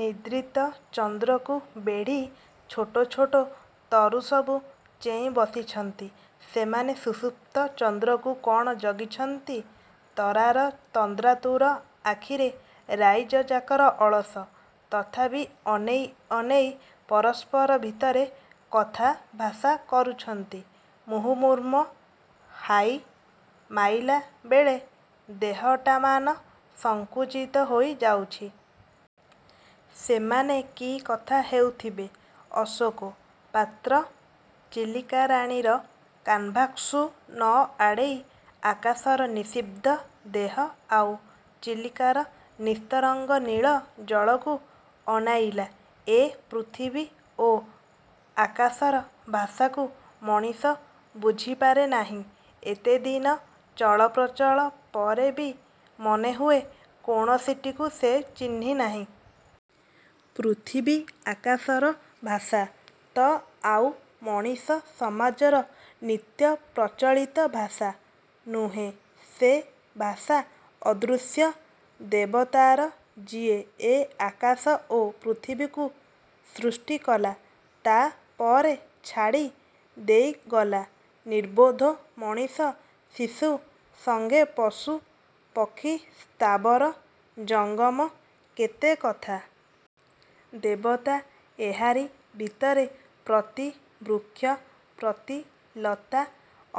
ନିଦ୍ରିତ ଚନ୍ଦ୍ରକୁ ବେଢ଼ି ଛୋଟ ଛୋଟ ତରୁ ସବୁ ଚେଇଁ ବସିଛନ୍ତି। ସେମାନେ ସୁସୁପ୍ତ ଚନ୍ଦ୍ରକୁ କଣ ଜଗିଛନ୍ତି? ତରାର ତନ୍ଦ୍ରାତୁର ଆଖିରେ ରାଇଜଯାକର ଅଳସ। ତଥାପି ଅନେଇ, ଅନେଇ ପରସ୍ପର ଭିତରେ କଥାଭାଷା କରୁଛନ୍ତି। ମୁହୁର୍ମୁହୁଃ ହାଇ ମାଇଲା ବେଳେ ଦେହଟାମାନ ସଙ୍କୁଚିତ ହୋଇ ଯାଉଛି। ସେମାନେ କି କଥା ହେଉଥିବେ? ଅଶୋକ ପାତ୍ର 'ଚିଲିକା-ରାଣୀ' ର କାନ୍ଭାସ୍କୁ ନ ଆଡ଼େଇ ଆକାଶର ନିସ୍ତବ୍ଧ-ଦେହ ଆଉ ଚିଲିକାର ନିସ୍ତରଙ୍ଗ ନୀଳ ଜଳକୁ ଅନାଇଲା। ଏ ପୃଥିବୀ ଓ ଆକାଶର ଭାଷାକୁ ମଣିଷ ବୁଝିପାରେ ନାହିଁ। ଏତେଦିନ ଚଳପ୍ରଚଳ ପରେ ବି ମନେ ହୁଏ, କୌଣସିଟିକୁ ସେ ଚିହ୍ନି ନାହିଁ। ପୃଥିବୀ ଆକାଶର ଭାଷା ତ ଆଉ ମଣିଷ ସମାଜର ନିତ୍ୟପ୍ରଚଳିତ ଭାଷା ନୁହେ! ସେ ଭାଷା ଅଦୃଶ୍ୟ ଦେବତାର, ଯିଏ ଏ ଆକାଶ ଓ ପୃଥିବୀକୁ ସୃଷ୍ଟି କଲା। ତା ପରେ ଛାଡ଼ି ଦେଇଗଲା ନିର୍ବୋଧ ମଣିଷ ଶିଶୁ ସଙ୍ଗେ ପଶୁ, ପକ୍ଷୀ, ସ୍ଥାବର, ଜଙ୍ଗମ କେତେ କଥା। ଦେବତା ଏହାରି ଭିତରେ ପ୍ରତି ବୃକ୍ଷ, ପ୍ରତି ଲତା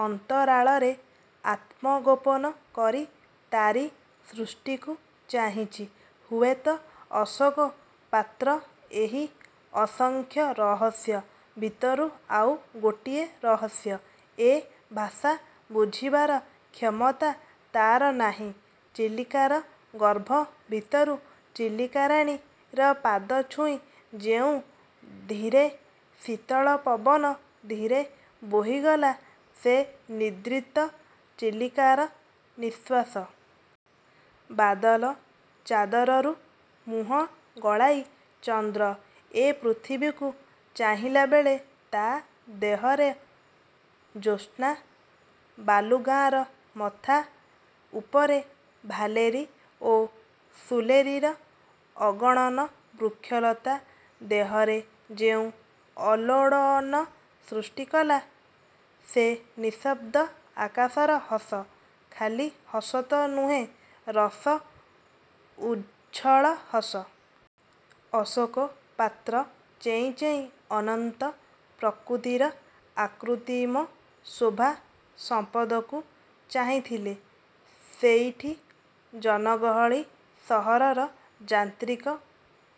ଅନ୍ତରାଳରେ ଆତ୍ମଗୋପନ କରି ତାରି ସୃଷ୍ଟିକୁ ଚାହିଁଚି। ହୁଏତ ଅଶୋକ ପାତ୍ର ଏହି ଅସଂଖ୍ୟ ରହସ୍ୟ ଭିତରୁ ଆଉ ଗୋଟିଏ ରହସ୍ୟ! ଏ ଭାଷା ବୁଝିବାର କ୍ଷମତା ତାର ନାହିଁ। ଚିଲିକାର ଗର୍ଭ ଭିତରୁ ଚିଲିକାରାଣୀ ର ପାଦ ଛୁଇଁ ଯେଉଁ ଧୀରେ, ଶୀତଳ ପବନ ଧୀରେ ବୋହିଗଲା, ସେ ନିଦ୍ରିତ ଚିଲିକାର ନିଃଶ୍ୱାସ। ବାଦଲ-ଚାଦରରୁ ମୁହଁ ଗଳାଇ, ଚନ୍ଦ୍ର ଏ ପୃଥିବୀକୁ ଚାହିଁଲାବେଳେ ତା ଦେହର ଜ୍ୟୋସ୍ନା ବାଲୁଗାଁର ମଥା ଉପରେ, ଭାଲେରୀ ଓ ସୁଲେରୀର ଅଗଣନ ବୃକ୍ଷଲତା ଦେହରେ ଯେଉଁ ଆଲୋଡ଼ନ ସୃଷ୍ଟି କଲା, ସେ ନିସ୍ତବ୍ଧ ଆକାଶର ହସ। ଖଲି ହସ ତ ନୁହେଁ ରସ ଉଚ୍ଛଳ ହସ! ଅଶୋକ ପାତ୍ର ଚେଇଁ ଚେଇଁ ଅନନ୍ତ ପ୍ରକୃତିର ଅକୃତ୍ରିମ ଶୋଭା ସମ୍ପଦକୁ ଚାହିଁଥିଲା। ସେଇଠି ଜନଗହଳ ସହରର ଯାନ୍ତ୍ରିକ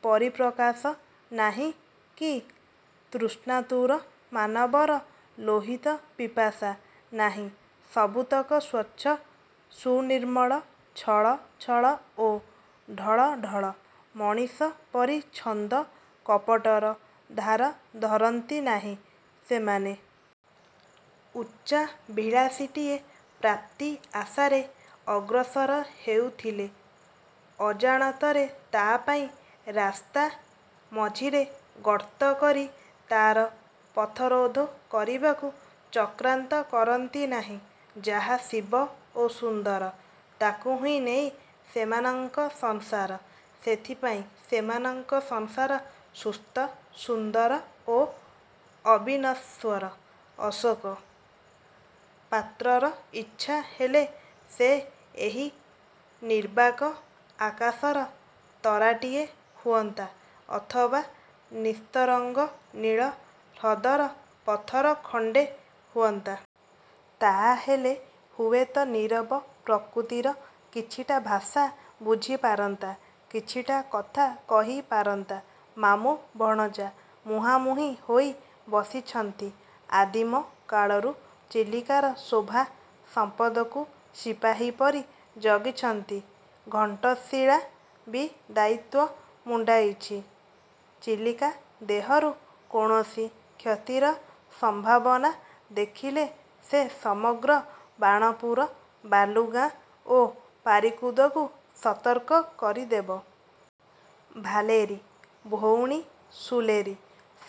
ପରିପ୍ରକାଶ ନାହିଁ କି ତୃଷ୍ଣାତୁର ମାନବର ଲୋହିତ ପିପାସା ନାହିଁ। ସବୁତକ ସ୍ୱଚ୍ଛ, ସୁନିର୍ମଳ, ଛଳ ଛଳ ଓ ଢଳ ଢଳ! ମଣିଷ ପରି ଛନ୍ଦ, କପଟର ଧାର ଧରନ୍ତି ନାହିଁ ସେମାନେ। ଉଚ୍ଚାଭିଳାଷୀଟିଏ ପ୍ରାପ୍ତି ଆଶାରେ ଅଗ୍ରସର ହେଉଥିଲେ; ଅଜାଣତରେ ତା' ପାଇଁ ରାସ୍ତା ମଝିରେ ଗର୍ତ୍ତ କରି ତାର ପଥରୋଧ କରିବାକୁ-ଚକ୍ରାନ୍ତ କରନ୍ତି ନାହିଁ। ଯାହା ଶିବ ଓ ସୁନ୍ଦର, ତାକୁହିଁ ନେଇ ସେମାନଙ୍କ ସଂସାର। ସେଇଥିପାଇଁ ସେମାନଙ୍କ ସଂସାର ସୁସ୍ଥ, ସୁନ୍ଦର ଓ ଅବିନଶ୍ୱର। ଅଶୋକ ପାତ୍ରର ଇଚ୍ଛା ହେଲା ସେ ଏହି ନିର୍ବାକ ଆକାଶର ତରାଟିଏ ହୁଏନ୍ତା, ଅଥବା ନିସ୍ତରଙ୍ଗ ନୀଳ ହ୍ରଦର ପଥର ଖଣ୍ଡେ ହୁଅନ୍ତା। ତାହାହେଲେ ହୁଏତ ନିରବ ପ୍ରକୃତିର କିଛିଟା ଭାଷା ବୁଝି ପାରନ୍ତା, କିଛିଟା କଥା କହି ପାରନ୍ତା! ମାମୁଁ-ଭଣଜା ମୁହାଁମୁହିଁ ହୋଇ ବସିଛନ୍ତି। ଆଦିମ କାଳରୁ ଚିଲିକାର ଶୋଭା ସମ୍ପଦକୁ ସିପାହୀ ପରି ଜଗିଛନ୍ତି। ଘଣ୍ଟଶୀଳା ବି ଦାୟିତ୍ୱ ମୁଣ୍ଡାଇଛି। ଚିଲିକା ଦେହରୁ କୌଣସି କ୍ଷତିର ସମ୍ଭାବନା ଦେଖିଲେ ସେ ସମଗ୍ର ବାଣପୁର, ବାଲୁଗାଁ ଓ ପାରିକୁଦକୁ ସତର୍କ କରିଦେବ। ଭାଲେରୀ, ଭଉଣୀ ସୁଲେରୀ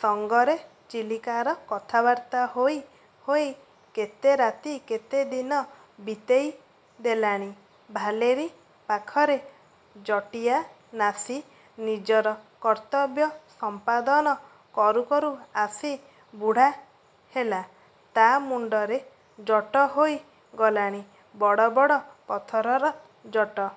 ସଙ୍ଗରେ ଚିଲିକାର କଥାବାର୍ତ୍ତା ହୋଇ ହୋଇ କେତେ ରାତି, କେତେ ଦିନ ବିତେଇ ଦେଲାଣି। ଭାଲେରୀ, ପାଖର 'ଜଟିଆ ନାସୀ' ନିଜର କର୍ତ୍ତବ୍ୟ ସମ୍ପାଦନ କରୁ କରୁ ଆସି ବୁଢ଼ା ହେଲା। ତା' ମୁଣ୍ଡରେ ଜଟ ହୋଇ ଗଲାଣି। ବଡ଼ ବଡ଼ ପଥରର ଜଟ।